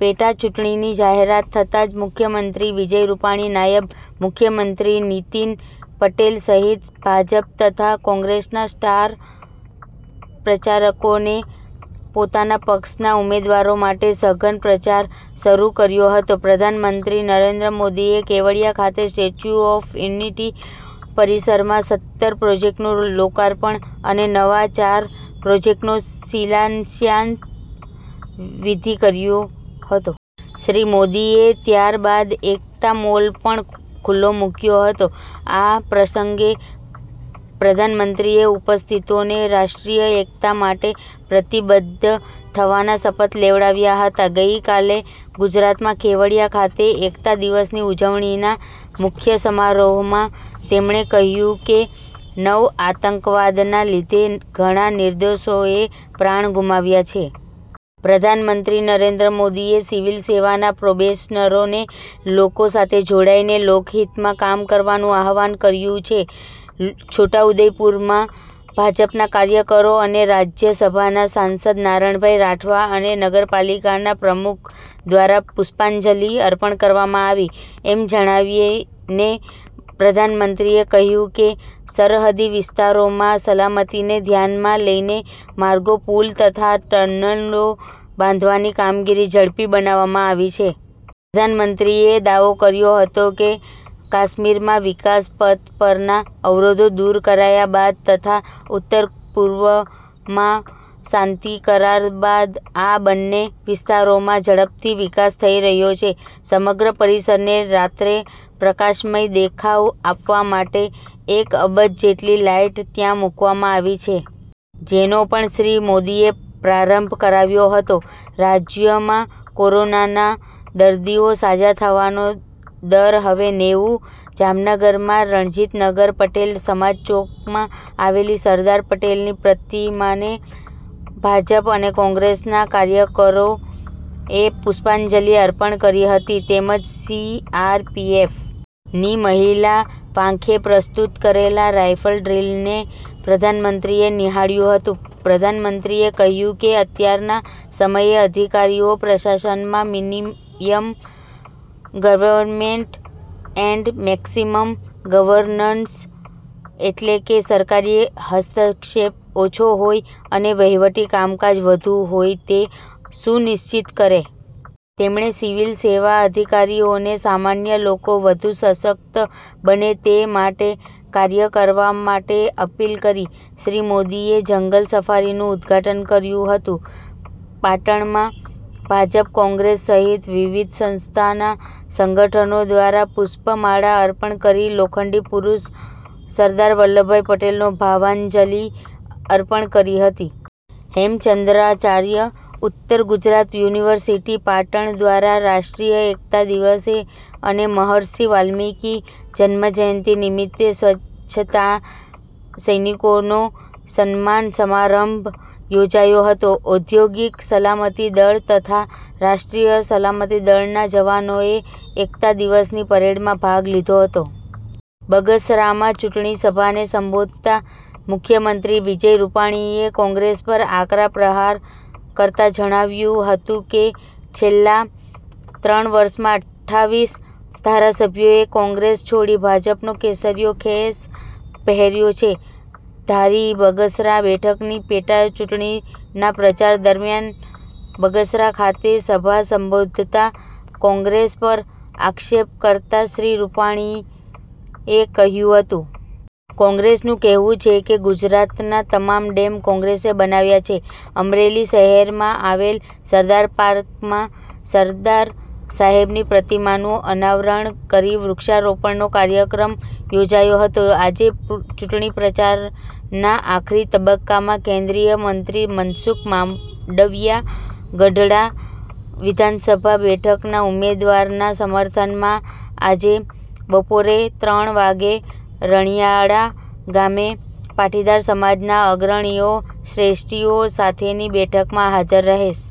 પેટાચૂંટણીની જાહેરાત થતા જ મુખ્યમંત્રી વિજય રૂપાણી, નાયબ મુખ્યમંત્રી નીતીન પટેલ સહિત ભાજપ તથા કોંગ્રેસના સ્ટાર પ્રચારકોને પોતાના પક્ષના ઉમેદવારો માટે સઘન પ્રચાર શરૂ કર્યો હતો. પ્રધાનમંત્રી નરેન્દ્ર મોદીએ કેવડીયા ખાતે સ્ટેચ્યુ ઓફ યુનિટી પરિસરમાં સત્તર પ્રોજેકટ નું લોકાર્પણ અને નવા ચાર પ્રોજેકટનો શિલાન્યાસ વિધિ કર્યો હતો. શ્રી મોદી એ ત્યાર બાદ એકતા મોલ પણ ખુલ્લો મૂક્યો હતો. આ પ્રસંગે પ્રધાનમંત્રીએ ઉપસ્થિતોને રાષ્ટ્રીય એકતા માટે પ્રતિબદ્ધ થવાના શપથ લેવડાવ્યા હતા. ગઈકાલે ગુજરાતમાં કેવડિયા ખાતે એકતા દિવસની ઉજવણીના મુખ્ય સમારોહમાં તેમણે કહ્યું કે, નવ આતંકવાદના લીધે ઘણાં નિર્દોષોએ પ્રાણ ગુમાવ્યા છે. પ્રધાનમંત્રી નરેન્દ્ર મોદીએ સિવીલ સેવાના પ્રોબેશનરોને લોકો સાથે જોડાઇને લોકહિતમાં કામ કરવાનું આહવાન કર્યું છે. છોટા ઉદેપુરમાં ભાજપના કાર્યકરો અને રાજયસભાના સાંસદ નારણભાઇ રાઠવા અને નગરપાલિકાના પ્રમુખ દ્વારા પુષ્પાંજલિ અર્પણ કરવામાં આવી. એમ જણાવીને પ્રધાનમંત્રીએ કહ્યું કે સરહદી વિસ્તારોમાં સલામતીને ધ્યાનમાં લઈને માર્ગો પુલ તથા ટર્નલો બાંધવાની કામગીરી ઝડપી બનાવવામાં આવી છે. પ્રધાનમંત્રીએ દાવો કર્યો હતો કે, કાશ્મીરમાં વિકાસ પથ પરના અવરોધો દૂર કરાયા બાદ તથા ઉત્તર પૂર્વમાં શાંતિ કરાર બાદ આ બંને વિસ્તારોમાં ઝડપથી વિકાસ થઈ રહ્યો છે. સમગ્ર પરિસરને રાત્રે પ્રકાશમય દેખાવ આપવા માટે એક અબજ જેટલી લાઈટ ત્યાં મૂકવામાં આવી છે. જેનો પણ શ્રી મોદીએ પ્રારંભ કરાવ્યો હતો. રાજ્યમાં કોરોનાના દર્દીઓ સાજા થવાનો દર હવે નેવું. જામનગરમાં રણજીતનગર પટેલ સમાજ ચોકમાં આવેલી સરદાર પટેલની પ્રતિમાને ભાજપ અને કોંગ્રેસના કાર્યકરોએ પુષ્પાંજલિ અર્પણ કરી હતી. તેમજ સી.આર.પી.એફ. ની મહિલા પાંખે પ્રસ્તુત કરેલા રાયફલ ડ્રીલને પ્રધાનમંત્રીએ નિહાળ્યું હતું. પ્રધાનમંત્રીએ કહ્યું કે, અત્યારના સમયે અધિકારીઓ પ્રશાસનમાં minimum government and maximum governance એટલે કે સરકારી હસ્તક્ષેપ ઓછો હોય અને વહિવટી કામકાજ વધુ હોય તે સુનિશ્ચિત કરે. તેમણે સિવિલ સેવા અધિકારીઓને સામાન્ય લોકો વધુ સશક્ત બને તે માટે કાર્ય કરવા માટે અપીલ કરી. શ્રી મોદીએ જંગલ સફારીનું ઉદ્ધાટન કર્યું હતું. પાટણમાં ભાજપ કોંગ્રેસ સહિત વિવિધ સંસ્થાના સંગઠનો દ્વારા પુષ્પમાળા અર્પણ કરી લોખંડી પુરૂષ સરદાર વલ્લભભાઇ પટેલનો ભાવાંજલિ અર્પણ કરી હતી. હેમચંદ્રાચાર્ય ઉત્તર ગુજરાત યુનિવર્સિટી પાટણ દ્વારા રાષ્ટ્રીય એકતા દિવસે અને મહર્ષિ વાલ્મિકી જન્મજયંતિ નિમિત્તે સ્વચ્છતા સૈનિકોનો સન્માન સમારંભ યોજાયો હતો. ઔદ્યોગિક સલામતી દળ તથા રાષ્ટ્રીય સલામતી દળના જવાનોએ એકતા દિવસની પરેડમાં ભાગ લીધો હતો. બગસરામાં ચુંટણી સભાને સંબોધતા મુખ્યમંત્રી વિજય રૂપાણીએ કોંગ્રેસ પર આકરા પ્રહાર કરતા જણાવ્યું હતું કે, છેલ્લા ત્રણ વર્ષમાં અઠ્ઠાવીસ ધારાસભ્યોએ કોંગ્રેસ છોડી ભાજપનો કેસરીયો ખેસ પહેર્યો છે. ધારી બગસરા બેઠકની પેટા ચુંટણી ના પ્રચાર દરમ્યાન બગસરા ખાતે સભા સંબોધતા કોંગ્રેસ પર આક્ષેપ કરતાં શ્રી રૂપાણીએ કહ્યું હતુ. કોંગ્રેસનું કહેવું છે કે ગુજરાતના તમામ ડેમ કોંગ્રેસે બનાવ્યા છે. અમરેલી શહેરમાં આવેલ સરદાર પાર્કમાં સરદાર સાહેબની પ્રતિમાનું અનાવરણ કરી વૃક્ષારોપણનો કાર્યક્રમ યોજાયો હતો. આજે ચૂંટણી પ્રચારના આખરી તબક્કામાં કેન્દ્રિય મંત્રી મનસુખ માંડવીયા ગઢડા વિધાનસભા બેઠકના ઉમેદવારના સમર્થનમાં આજે બપોરે ત્રણ વાગે રણીયાળા ગામે પાટીદાર સમાજના અગ્રણીઓ શ્રેષ્ઠીઓ સાથેની બેઠકમાં હાજર રહેશ.